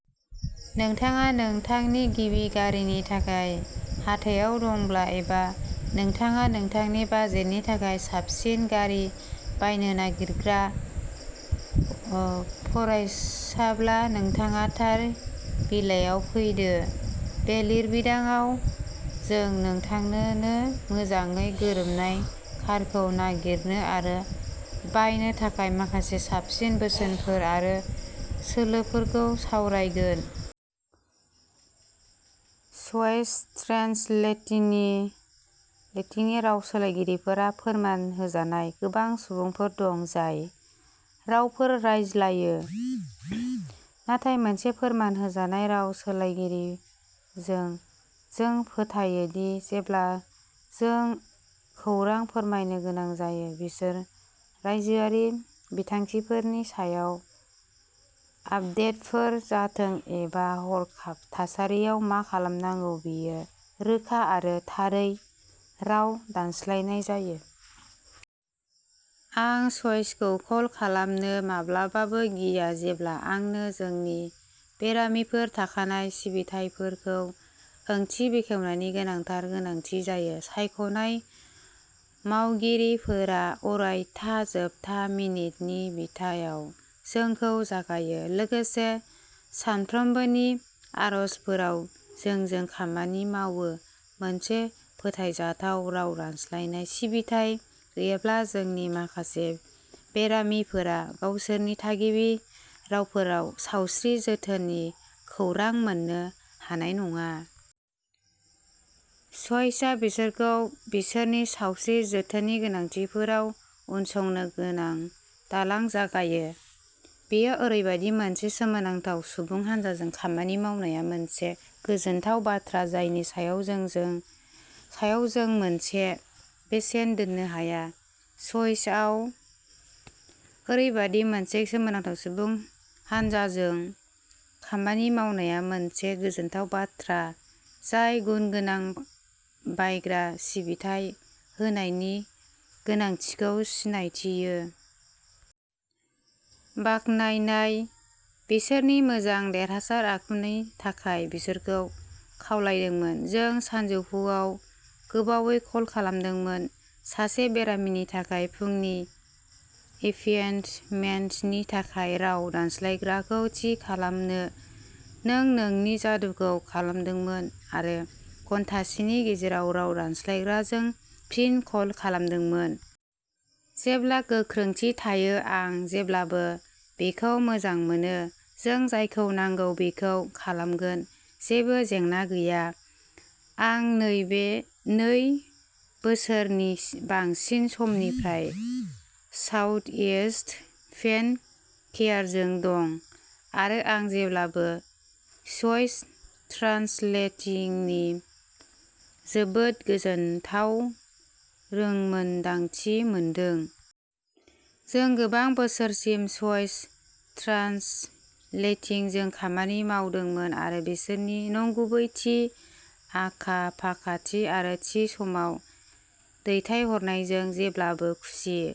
नोंथाङा नोंथांनि गिबि गारिनि थाखाय हाथायाव दंब्ला एबा नोंथाङा नोंथांनि बाजेटनि थाखाय साबसिन गारि बायनो नागिरग्रा फरायसाब्ला, नोंथाङा थार बिलाइयाव फैदों। बे लिरबिदांआव, जों नोंथांनो मोजाङै गोरोबनाय कारखौ नागिरनो आरो बायनो थाखाय माखासे साबसिन बोसोनफोर आरो सोलोफोरखौ सावरायगोन। च'इस ट्रेन्सलेटिंनि राव सोलायगिरिफोरा फोरमान होजानाय। गोबां सुबुंफोर दं जाय रावफोर रायज्लायो, नाथाय मोनसे फोरमान होजानाय राव सोलायगिरिजों, जों फोथायो दि जेब्ला जों खौरां फोरमायनो गोनां जायो, बिसोर रायजोआरि बिथांखिफोरनि सायाव आपडेटफोर जाथों एबा हरखाब थासारियाव मा खालामनांगौ, बेयो रोखा आरो थारै राव दानस्लायनाय जायो। "" आं च'इसखौ कल खालामनो माब्लाबाबो गिया जेब्ला आंनो जोंनि बेरामिफोरनि थाखाय सिबिथायफोरखौ ओंथि बेखेवनायनि गोनांथार गोनांथि जायो। सायख'नाय मावगिरिफोरा अरायथा जोबथा मिनिटनि बिथायाव जोंखौ जगायो, लोगोसे सानफ्रोमबोनि आर'जफोराव जोंजों खामानि मावो। मोनसे फोथायजाथाव राव दानस्लायनाय सिबिथाइ गैयाब्ला, जोंनि माखासे बेरामिफोरा गावसोरनि थागिबि रावफोराव सावस्रि जोथोननि खौरां मोननो हानाय नङा। च'इसआ बिसोरखौ बिसोरनि सावस्रि जोथोननि गोनांथिफोराव उनसंनो गोनां दालां जगायो। बेयो ओरैबायदि मोनसे सोमोनांथाव सुबुं हानजाजों खामानि मावनाया मोनसे गोजोनथाव बाथ्रा जायनि सायाव जों मोनसे बेसेन दोन्नो हाया। च'इसआव ओरैबायदि मोनसे सोमोनांथाव सुबुं हानजाजों खामानि मावनाया मोनसे गोजोनथाव बाथ्रा जाय गुनगोनां बायग्रा सिबिथाइ होनायनि गोनांथिखौ सिनायथियो। बाखनायनाय। बिसोरनि मोजां, देरहासार आखुनि थाखाय बिसोरखौ खावलायदोंमोन। "जों सानजौफुआव गोबावै कल खालामदोंमोन सासे बेरामिनि थाखाय फुंनि एपइन्टमेन्टनि थाखाय राव दानस्लायग्राखौ थि खालामनो। नों नोंनि जादुखौ खालामदोंमोन आरो घन्टासेनि गेजेराव राव दानस्लायग्राजों फिन कल खालामदोंमोन। जेब्ला गोख्रैथि थायो, आं जेब्लाबो बेखौ मोजां मोनो, जों जायखौ नांगौ बेखौ खालामगोन-जेबो जेंना गैया। आं नै बोसोरनि बांसिन समनिफ्राय साउथइस्ट पेन केयारजों दं, आरो आं जेब्लाबो च'इस ट्रान्सलेटिंनि जोबोद गोजोनथाव रोंमोनदांथि मोनदों। " "जों गोबां बोसोरसिम च'इस ट्रान्सलेटिंजों खामानि मावदोंमोन आरो बिसोरनि नंगुबैथि, आखा-फाखाथि आरो थि समाव दैथायहरनायजों जेब्लाबो खुसि।